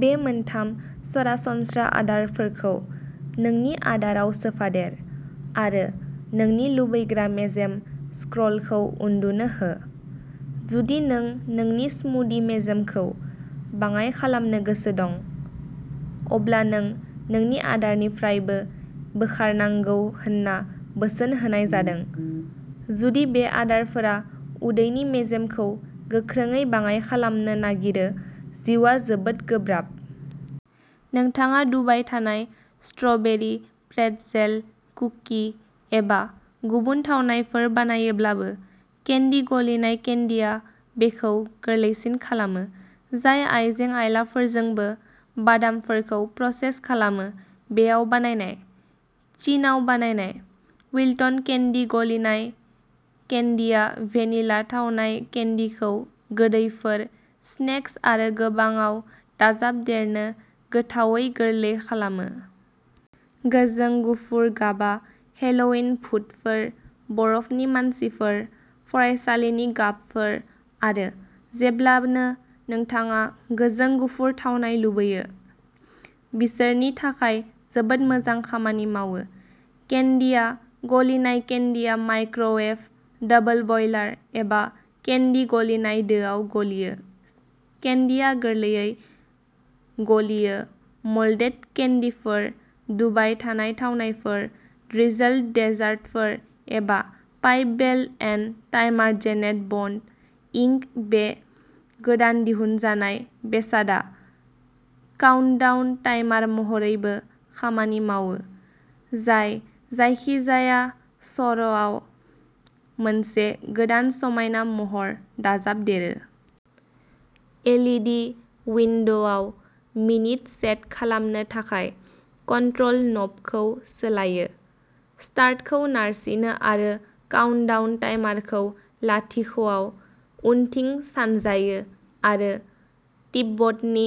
बे मोनथाम सरासनस्रा आदारफोरखौ नोंनि आदाराव सोफादेर आरो नोंनि लुबैग्रा मेजेम स्क्र'लखौ उन्दुनो हो। जुदि नों नोंनि स्मुदि मेजेमखौ बाङाय खालामनो गोसो दं, अब्ला नों नोंनि आदारनिफ्रायबो बोखारनांगौ होनना बोसोन होनाय जादों। जुदि बे आदारफोरा उदैनि मेजेमखौ गोख्रैयै बाङाय खालामनो नागिरो जिउआ जोबोद गोब्राब। नोंथाङा डुबाय थानाय स्ट्र'बेरि, प्रेटजेल, कुकि एबा गुबुन थावनायफोर बानायोब्लाबो, केन्डि गलिनाय केन्डिआ बेखौ गोरलैसिन खालामो। जाय आइजें-आइलाफोरजोंबो बादामफोरखौ प्रसेस खालामो, बेयाव बानायनाय। चीनआव बानायनाय। विल्टन केन्डि गलिनाय केन्डिआ भेनिला-थावनाय केन्डिखौ गोदैफोर, स्नेक्स आरो गोबांआव दाजाबदेरनो गोथावै गोरलै खालामो। गोजों गुफुर गाबआ हेल'विन भुतफोर, बरफनि मानसिफोर, फरायसालिनि गाबफोर आरो जेब्लानो नोंथाङा गोजों गुफुर थावनाय लुबैयो, बिसोरनि थाखाय जोबोद मोजां खामानि मावो। केन्डिआ गलिनाय केन्डिआ माइक्र'वेभ, डाबल-बायलार एबा केन्डि गलिनाय दोआव गलियो। केन्डिआ गोरलैयै गलियो मोल्डेड केन्डिफोर, डुबाय थानाय थावनायफोर, ड्रिसल्ड देजार्टफोर एबा पाइप बेल एन्ड टाइमार-जेनेट बन्ड, इंक बे गोदान दिहुनजानाय दिहुनजानाय बेसादआ काउन्टडाउन टाइमार महरैबो खामानि मावो, जाय जायखिजाया सर'आव मोनसे गोदान समायना महर दाजाबदेरो। एल इ डि उइन्ड'आव मिनित सेट खालामनो थाखाय कन्ट्रल न'बखौ सोलायो, स्टार्टखौ नारसिनो आरो काउन्टडाउन टाइमारखौ लाथिख'आव उनथिं सानजायो आरो तिब्बतनि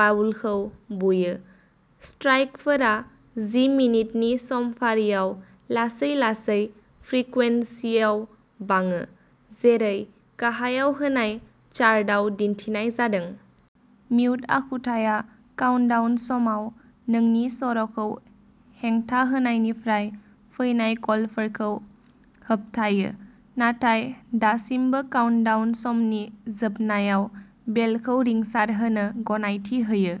बाउलखौ बुयो। स्ट्राइकफोरा जि मिनिटनि समफारियाव लासै-लासै फ्रिकुवेन्सियाव बाङो जेरै गाहायाव होनाय चार्टआव दिन्थिनाय जादों। म्युट आखुथाया काउन्टडाउन समाव नोंनि सर'खौ हेंथा होनायनिफ्राय फैनाय कलफोरखौ होबथायो नाथाय दासिमबो काउन्टडाउन समनि जोबनायाव बेलखौ रिंसारहोनो गनायथि होयो।